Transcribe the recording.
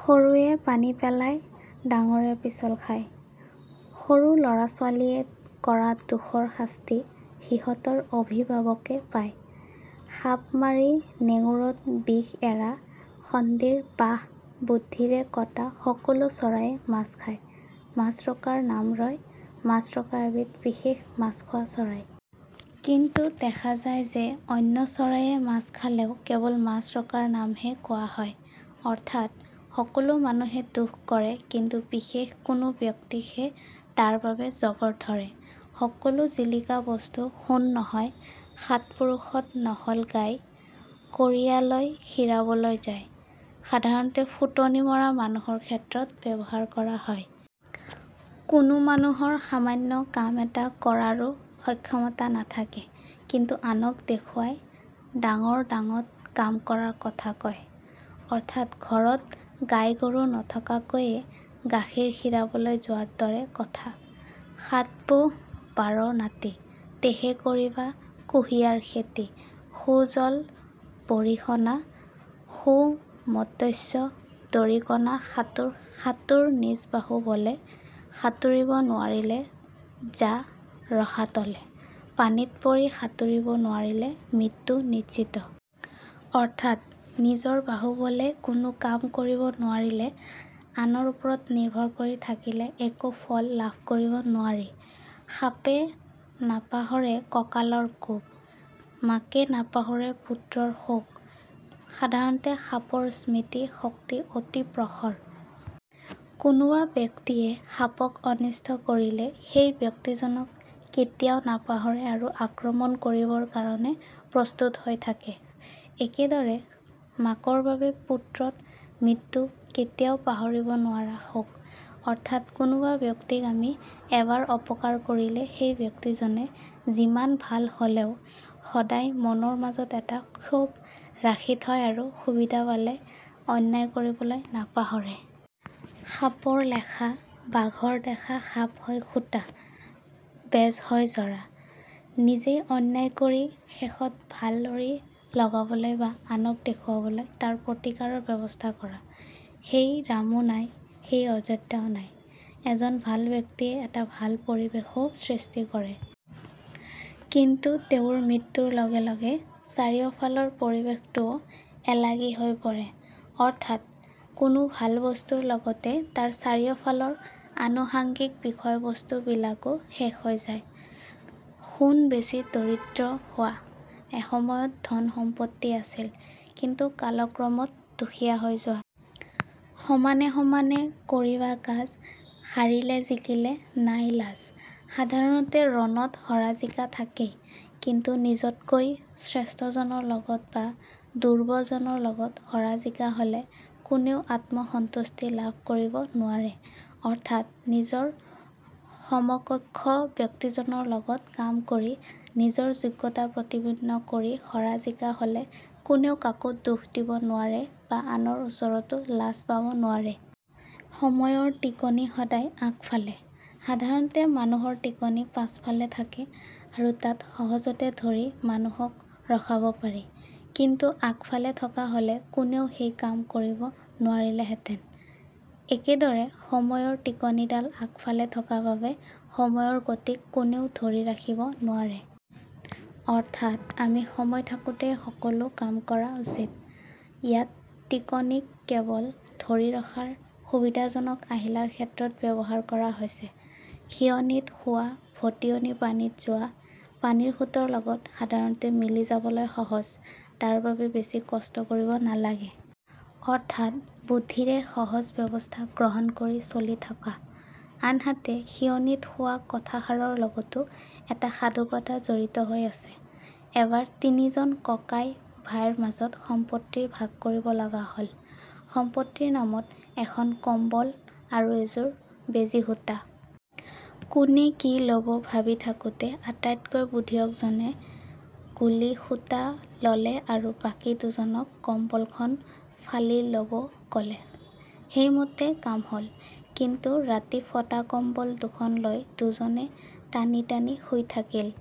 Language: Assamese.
সৰুৱে পানী পেলাই, ডাঙৰে পিছল খাই: সৰু লৰা-ছোৱালীৱে কৰা দোষৰ শাস্তি সিহঁতৰ অভিভাৱকে পায়। সাপ মাৰি নেগুৰত বিষ এৰা সন্ধিৰ বাহ বুদ্ধিৰে কটা সকলো চৰাইয়ে মাছ খায়, মাছৰোকাৰ নাম ৰয়: মাছৰোকা এবিধ বিশেষ মাছখোৱা চৰাই। কিন্তু দেখা যায় যে অন্য চৰায়ে মাছ খালেও কেৱল মাছৰোকাৰ নামহে কোৱা হয়। অৰ্থাৎ সকলো মানুহে দোষ কৰে কিন্তু বিশেষ কোনো ব্যক্তিকহে তাৰ বাবে জগৰ ধৰে। সকলো জিলিকা বস্তু সোণ নহয় সাত পুৰুষত নহ'ল গাই, কঁৰীয়া লৈ খীৰাবলৈ যায়: সাধাৰণতে ফুটনি মৰা মানুহৰ ক্ষেত্ৰত ব্যৱহাৰ কৰা হয়। কোনো মানুহৰ সামান্য কাম এটা কৰাৰোঁ সক্ষমতা নাথাকে কিন্তু আনক দেখুৱাই ডাঙৰ ডাঙত কাম কৰাৰ কথা কয়। অৰ্থাৎ ঘৰত গাই-গৰু নথকাকৈয়ে গাখীৰ খিৰাবলৈ যোৱাৰ দৰে কথা। সাত পো বাৰ নাতি, তেহে কৰিবা কুহিয়াৰ খেতি সু জল বৰিষণা, সু মত্স্য দৰিকণা সাতোৰ সাতোৰ নিজ বাহু বলে, সাতুৰিব নোৱাৰিলে যা ৰসাতলে: পানীত পৰি সাতোৰিব নোৱাৰিলে মৃত্যু নিশ্চিত। অৰ্থাৎ নিজৰ বাহু বলে কোনো কাম কৰিব নোৱাৰি আনৰ ওপৰত নিৰ্ভৰ কৰি থাকিলে একো ফল লাভ কৰিব নোৱাৰি। সাপে নাপাহৰে কঁকালৰ কোব, মাকে নাপাহৰে পুত্ৰৰ শোক: সাধাৰণতে সাপৰ স্মৃতি শক্তি অতি প্ৰখৰ। কোনোবা ব্যক্তিয়ে সাপক অনিষ্ট কৰিলে সেই ব্যক্তি জনক কেতিয়াও নাপাহৰে আৰু আক্ৰমণ কৰিবৰ কাৰণে প্ৰস্তুত হৈ থাকে। একেদৰে মাকৰ বাবে পুত্ৰত মৃত্যু কেতিয়াও পাহৰিব নোৱাৰা শোক। অৰ্থাৎ কোনোবা ব্যক্তিক আমি এবাৰ অপকাৰ কৰিলে সেই ব্যক্তিজনে যিমান ভাল হ'লেও সদায় মনৰ মাজত এটা ক্ষোভ ৰাখি থয় আৰু সুবিধা পালে অন্যায় কৰিবলৈ নাপাহৰে। সাপৰ লেখা, বাঘৰ দেখা সাপ হৈ খোটা, বেজ হৈ জৰা: নিজেই অন্যায় কৰি শেষত ভালৰি লগাবলৈ বা আনক দেখুৱাবলৈ তাৰ প্ৰতিকাৰৰ ব্যৱস্থা কৰা। সেই ৰামো নাই, সেই অযোধ্যাও নাই: এজন ভাল ব্যক্তিয়ে এটা ভাল পৰিবেশো সৃষ্টি কৰে। কিন্তু তেওঁৰ মৃত্যুৰ লগে লগে চাৰিওফালৰ পৰিবেশটোও এলাগি হৈ পৰে। অৰ্থাৎ কোনো ভাল বস্তুৰ লগতে তাৰ চাৰিওফালৰ আনুষাঙ্গিক বিষয়বস্তু বিলাকো শেষ হৈ যায়। সোণ বেছি দৰিদ্ৰ হোৱা: এসময়ত ধণ সম্পত্তি আছিল, কিন্তু কালক্ৰমত দুখীয়া হৈ যোৱা। সমানে সমানে কৰিবা কাজ, হাৰিলে জিকিলে নাই লাজ: সাধাৰণতে ৰণত হৰা জিকা থাকেই, কিন্তু নিজতকৈ শ্ৰেষ্ঠজনৰ লগত বা দুৰ্বলজনৰ লগত হৰা জিকা হ'লে কোনেও আত্মসন্তুষ্টি লাভ কৰিব নোৱাৰে। অৰ্থাৎ নিজৰ সমকক্ষ ব্যক্তিজনৰ লগত কাম কৰি, নিজৰ যোগ্যতা প্ৰতিপন্ন কৰি হৰা জিকা হ'লে কোনেও কাকো দোষ দিব নোৱাৰে বা আনৰ ওচৰতো লাজ পাব নোৱাৰে। সময়ৰ টিকনি সদায় আগফালে: সাধাৰণতে মানুহৰ টিকনি পাছফালে থাকে আৰু তাত সহজতে ধৰি মানুহক ৰখাব পাৰি। কিন্তু আগফালে থকা হ'লে কোনেও সেই কাম কৰিব নোৱাৰিলেহেঁতেন। একেদৰে সময়ৰ টিকনিডাল আগফালে থকা বাবে সময়ৰ গতিক কোনেও ধৰি ৰাখিব নোৱাৰে। অৰ্থাৎ আমি সময় থাকোঁতেই সকলোঁ কাম কৰা উচিত। ইয়াত টিকনি-ক কেৱল ধৰি ৰখাৰ সুবিধাজনক আহিলাৰ ক্ষেত্ৰত ব্যৱহাৰ কৰা হৈছে। সিয়নীত শুৱা, ভটিয়নি পানীত যোৱা: পানীৰ সোঁতৰ লগত সাধাৰণতে মিলি যাবলৈ সহজ। তাৰ বাবে বেছি কষ্ট কৰিব নালাগে। অৰ্থাৎ বুদ্ধিৰে সহজ ব্যৱস্থা গ্ৰহণ কৰি চলি থকা। আনহাতে সিয়নীত শুৱা কথাষাৰৰ লগতো এটা সাধুকথা জড়িত হৈ আছে। এবাৰ তিনিজন ককাই-ভাইৰ মাজত সম্পত্তিৰ ভাগ কৰিব লগা হ'ল। সম্পত্তিৰ নামত এখন কম্বল আৰু এযোৰ বেজি-সূঁতা। কোনে কি ল'ব ভাবি থাকোঁতে আটাইতকৈ বুদ্ধিয়ক জনে গুলি-সূঁতা ল'লে আৰু বাকি দুজনক কম্বলখন ফালি ল'ব ক'লে। সেই মতে কাম হ'ল। কিন্তু ৰাতি ফটা কম্বল দুখন লৈ দুজনে টানি-টানি শুই থাকিল।